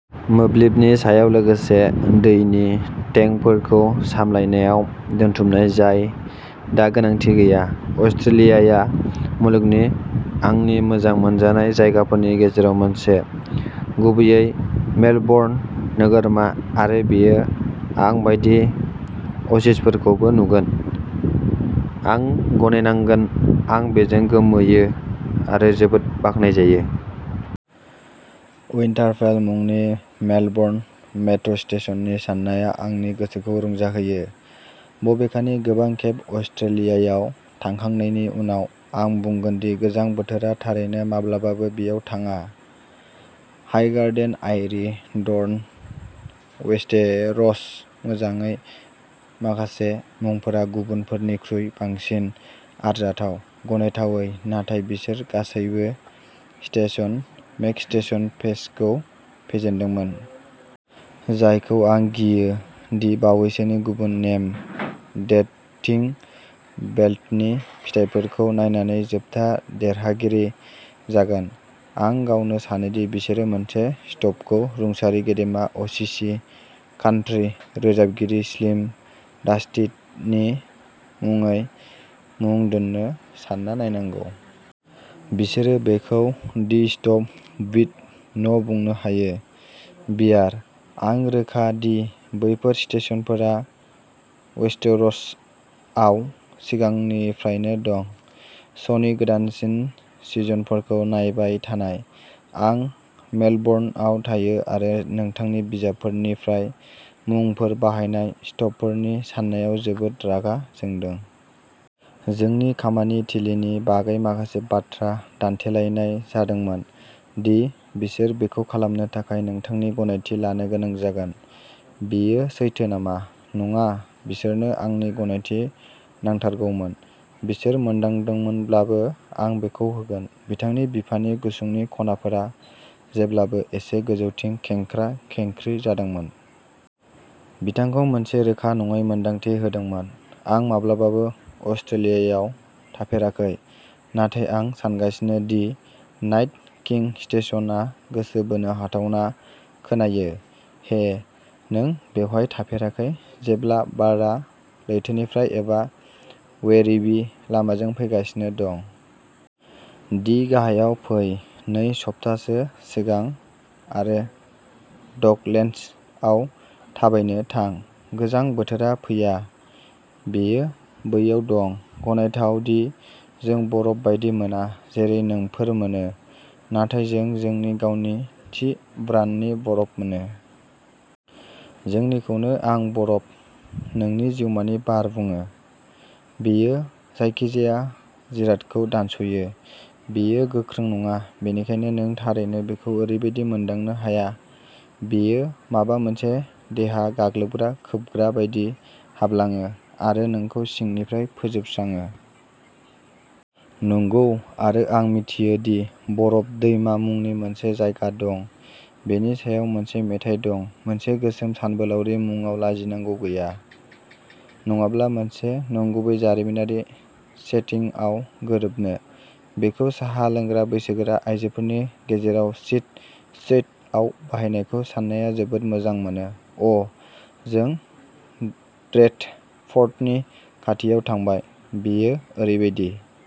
मोब्लिबनि सायाव लोगोसे दैनि टेंकफोरखौ सामलायनायाव दोनथुमनाय जाय दा गोनांथि गैया। अस्ट्रेलियाया मुलुगनि आंनि मोजां मोनजानाय जायगाफोरनि गेजेराव मोनसे, गुबैयै मेलबर्न नोगोरमा आरो बेयो आं बायदि असिसफोरखौबो नुगोन। आं गनायनांगोन, आं बेजों गोमोयो आरो जोबोद बाख्नायजायो। उइन्टारफेल मुंनि मेलबर्न मेट्र'स्टेशननि साननाया आंनि गोसोखौ रंजाहोयो। बबेखानि, गोबां खेब अस्ट्रेलियायाव थांखांनायनि उनाव, आं बुंगोन दि गोजां बोथोरा थारैनो माब्लाबाबो बेयाव थाङा। हाइगार्डेन, आइरी, डर्न, वेस्टेरस मोजाङै, माखासे मुंफोरा गुबुनफोरनिख्रुइ बांसिन आरजाथाव, गनायथावै, नाथाय बिसोर गासैबो स्टेशन मेकस्टेशनफेसखौ फेजेनदोंमोन। जायखौ आं गियो दि बावैसोनि गुबुन नेम देट थिंग बेल्टनि फिथायफोरखौ नायनानै जोबथा देरहागिरि जागोन। आं गावनो सानो दि बिसोरो मोनसे स्टपखौ रुंसारि गेदेमा असिसि कान्ट्रि रोजाबगिरि स्लिम डास्टिनि मुङै मुं दोन्नो सानना नायनांगौ। बिसोरो बेखौ दि स्टप विद न'बुंनो हायो। बियार आं रोखा दि बैफोर स्टेशनफोरा वेस्टर'सआव सिगांनिफ्रायनो दं। श'नि गोदानसिन सिजनफोरखौ नायबाय थानाय। आं मेलबर्नआव थायो आरो नोंथांनि बिजाबफोरनिफ्राय मुंफोर बाहायनाय स्टपफोरनि साननायाव जोबोद रागा जोंदों। जोंनि खामानि थिलिनि बागै माखासे बाथ्रा दान्थेलायनाय जादोंमोन दि बिसोर बेखौ खालामनो थाखाय नोंथांनि गनायथि लानो गोनां जागोन। बेयो सैथो नामा? नङा, बिसोरनो आंनि गनायथि नांथारगौमोन। बिसोर मोनदांदोंमोनब्लाबो, आं बेखौ होगोन। बिथांनि बिफानि गुसुंनि खनाफोरा जेब्लाबो एसे गोजौथिं खेंख्रा-खेंख्रि जादोंमोन। बिथांखौ मोनसे रोखा नङै मोनदांथि होदोंमोन। आं माब्लाबाबो अस्ट्रेलियायाव थाफेराखै, नाथाय आं सानगासिनो दि नाइट किं स्टेशनआ गोसो बोनो हाथावना खोनायो। हे, नों बेवहाय थाफेराखै जेब्ला बारआ लैथोनिफ्राय एबा वेरिबि लामाजों फैगासिनो दं। डि गाहायाव फै नै सप्तासो सिगां आरो डकलेन्डसआव थाबायनो थां। गोजां बोथोरा फैया, बेयो बैयाव दं। गनायथाव दि जों बरफ बायदि मोना जेरै नोंफोर मोनो, नाथाय जों जोंनि गावनि थि ब्रान्डनि बरफ मोनो। जोंनिखौनो आं बरफ नोंनि जिउमानि बार बुङो। बेयो जायखिजाया जिरादखौ दानस'यो। बेयो गोख्रों नङा बेनिखायनो नों थारैनो बेखौ ओरैबादि मोनदांनो हाया, बेयो माबा मोनसे देहा गाग्लोबग्रा खोबग्रा बायदि हाबलाङो आरो नोंखौ सिंनिफ्राय फोजोबस्राङो। नंगौ, आरो आं मिथियो दि बरफ दैमा मुंनि मोनसे जायगा दं। बेनि सायाव मोनसे मेथाइ दं। मोनसे गोसोम सानबोलावरि मुंआव लाजिनांगौ गैया, नङाब्ला मोनसे नंगुबै जारिमिनारि सेटिंआव गोरोबनो। बेखौ साहा लोंग्रा बैसोगोरा आयजोफोरनि गेजेराव चिट चैटआव बाहायनायखौ साननाया जोबोद मोजां मोनो। अ जों ड्रेडफर्टनि खाथियाव थांबाय। बेयो ओरैबादि।